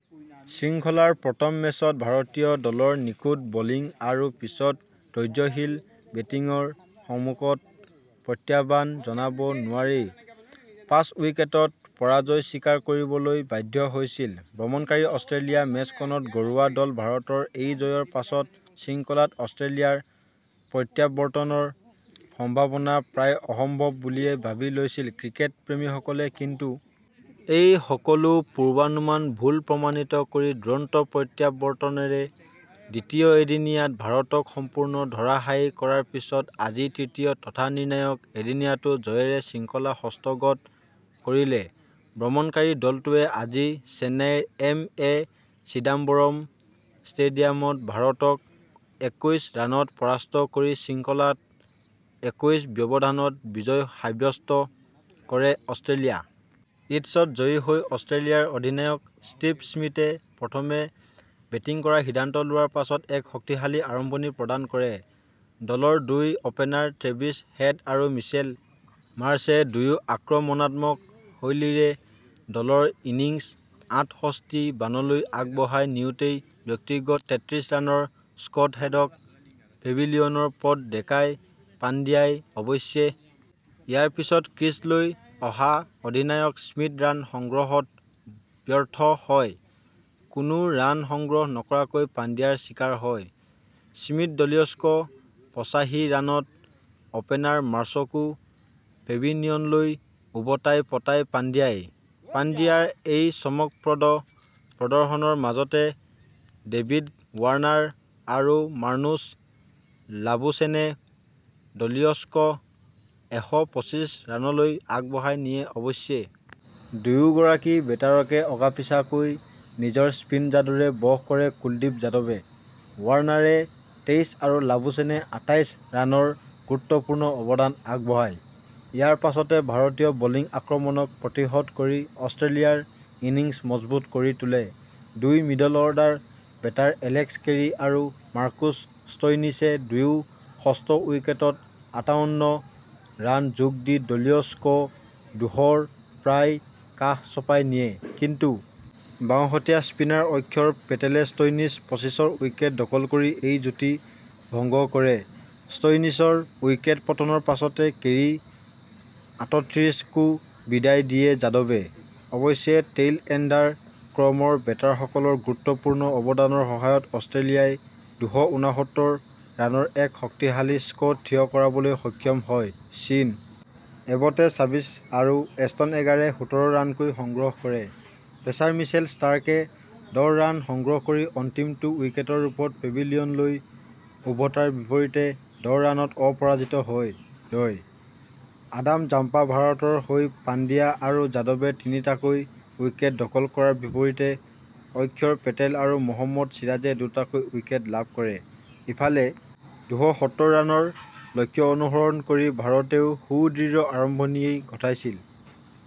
শৃংখলাৰ প্ৰথম মেচত ভাৰতীয় দলৰ নিখুঁত বলিং আৰু পিছত ধৈৰ্য্যশীল বেটিঙৰ সমুখত প্ৰত্যাহ্বান জনাব নোৱাৰি পাঁচ উইকেটত পৰাজয় স্বীকাৰ কৰিবলৈ বাধ্য হৈছিল। ভ্ৰমণকাৰী অষ্ট্ৰেলিয়া মেচখনত ঘৰুৱা দল ভাৰতৰ এই জয়ৰ পাছত শৃংখলাত অষ্ট্ৰেলিয়াৰ প্ৰত্যাৱৰ্তনৰ সম্ভাৱনা প্ৰায় অসম্ভৱ বুলিয়ে ভাবি লৈছিল ক্ৰিকেট প্ৰেমীসকলে। কিন্তু এই সকলো পূৰ্বানুমান ভুল প্ৰমাণিত কৰি দুৰন্ত প্ৰত্যাৱৰ্তনেৰে দ্বিতীয় এদিনীয়াত ভাৰতক সম্পূৰ্ণ ধৰাশায়ী কৰাৰ পিছত আজি তৃতীয় তথা নিৰ্ণায়ক এদিনীয়াতো জয়েৰে শৃংখলা হস্তগত কৰিলে। ভ্ৰমণকাৰী দলটোৱে আজি চেন্নাইৰ এম এ চিদাম্বৰম ষ্টেডিয়ামত ভাৰতক একৈছ ৰানত পৰাস্ত কৰি শৃংখলাত একৈছ ব্যৱধানত বিজয় সাব্যস্ত কৰে ।অষ্ট্ৰেলিয়া ইটছত জয়ী হৈ অষ্ট্ৰেলিয়াৰ অধিনায়ক ষ্টিভ স্মিথে প্ৰথমে বেটিং কৰাৰ সিদ্ধান্ত লোৱাৰ পাছত এক শক্তিশালী আৰম্ভণি প্ৰদান কৰে ।দলৰ দুই অপেনাৰ ট্ৰেভিছ হেড আৰু মিচেল মাৰ্শ্বে দুয়ো আক্ৰমণাত্মক শৈলীৰে দলৰ ইনিংছ আঠষষ্ঠি ৰানলৈ আগবঢ়াই নিওঁতেই ব্যক্তিগত তেত্ৰিশ ৰানৰ স্কত হেডক পেভিলিয়নৰ পথ দেখায় পাণ্ডিয়াই। অৱশ্যে ইয়াৰ পিছত ক্ৰীজলৈ অহা অধিনায়ক স্মিথ ৰান সংগ্ৰহত ব্যৰ্থ হয়। কোনো ৰান সংগ্ৰহ নকৰাকৈয়ে পাণ্ডিয়াৰ চিকাৰ হয়। স্মিথদলীয় স্ক পচাশী ৰানত অপেনাৰ মাৰ্শ্বকো পেভিলিয়নলৈ উভতাই পঠায় পাণ্ডিয়াই। পাণ্ডিয়াৰ এই চমকপ্ৰদ প্ৰদৰ্শনৰ মাজতে ডেভিদ ৱাৰ্ণাৰ আৰু মাৰ্নুচ লাবুশ্বেনে দলীয় স্ক এশ পঁচিশ ৰানলৈ আগবঢ়াই নিয়ে। অৱশ্যে দুয়োগৰাকী বেটাৰকে অগা-পিছাকৈ নিজৰ স্পীন যাদুৰে বশ কৰে কুলদীপ যাদৱে। ৱাৰ্ণাৰে তেইছ আৰু লাবুশ্বেনে আঠাইছ ৰানৰ গুৰুত্বপূৰ্ণ অৱদান আগবঢ়ায়। ইয়াৰ পাছতে ভাৰতীয় বলিং আক্ৰমণক প্ৰতিহত কৰি অষ্ট্ৰেলিয়াৰ ইনিংছ মজবুত কৰি তোলে ।দুই middle order batter Alex Carey আৰু মাৰ্কুচ ষ্টইনিছে দুয়ো ষষ্ঠ উইকেটত আঠাউণ্ণ ৰান যোগ দি দলীয় স্ক দুশ ৰ প্ৰায় কাষ চপাই নিয়ে। কিন্তু বাওঁহতীয়া স্পিনাৰ অক্ষৰ পেটেলে ষ্টইনিছ পঁচিছৰ উইকেট দখল কৰি এই যুটি ভংগ কৰে। ষ্টইনিছৰ উইকেট পতনৰ পাছতে কেৰী আঠত্ৰিছকো বিদায় দিয়ে যাদৱে। অৱশ্যে টেইল এণ্ডাৰ ক্ৰমৰ বেটাৰসকলৰ গুৰুত্বপূৰ্ণ অৱদানৰ সহায়ত অষ্ট্ৰেলিয়াই দুশ উনাসত্তৰ ৰানৰ এক শক্তিশালী স্ক থিয় কৰাবলৈ সক্ষম হয়। চিন এবটে চাবিছ আৰু এষ্টন এগাৰে সোতৰ ৰানকৈ সংগ্ৰহ কৰে। পেচাৰ মিচেল ষ্টাৰ্কে দহ ৰান সংগ্ৰহ কৰি অন্তিমটো উইকেটৰ ৰূপত পেভিলিয়নলৈ উভতাৰ বিপৰীতে দহ ৰানত অপৰাজিত হৈ ৰয়। আডাম জাম্পাভাৰতৰ হৈ পাণ্ডিয়া আৰু যাদৱে তিনিটাকৈ উইকেট দখল কৰাৰ বিপৰীতে অক্ষৰ পেটেল আৰু মহম্মদ চিৰাজে দুটাকৈ উইকেট লাভ কৰে। ইফালে দুশ সত্তৰ ৰানৰ লক্ষ্য অনুসৰণ কৰি ভাৰতেও সুদৃঢ় আৰম্ভণিয়েই ঘটাইছিল।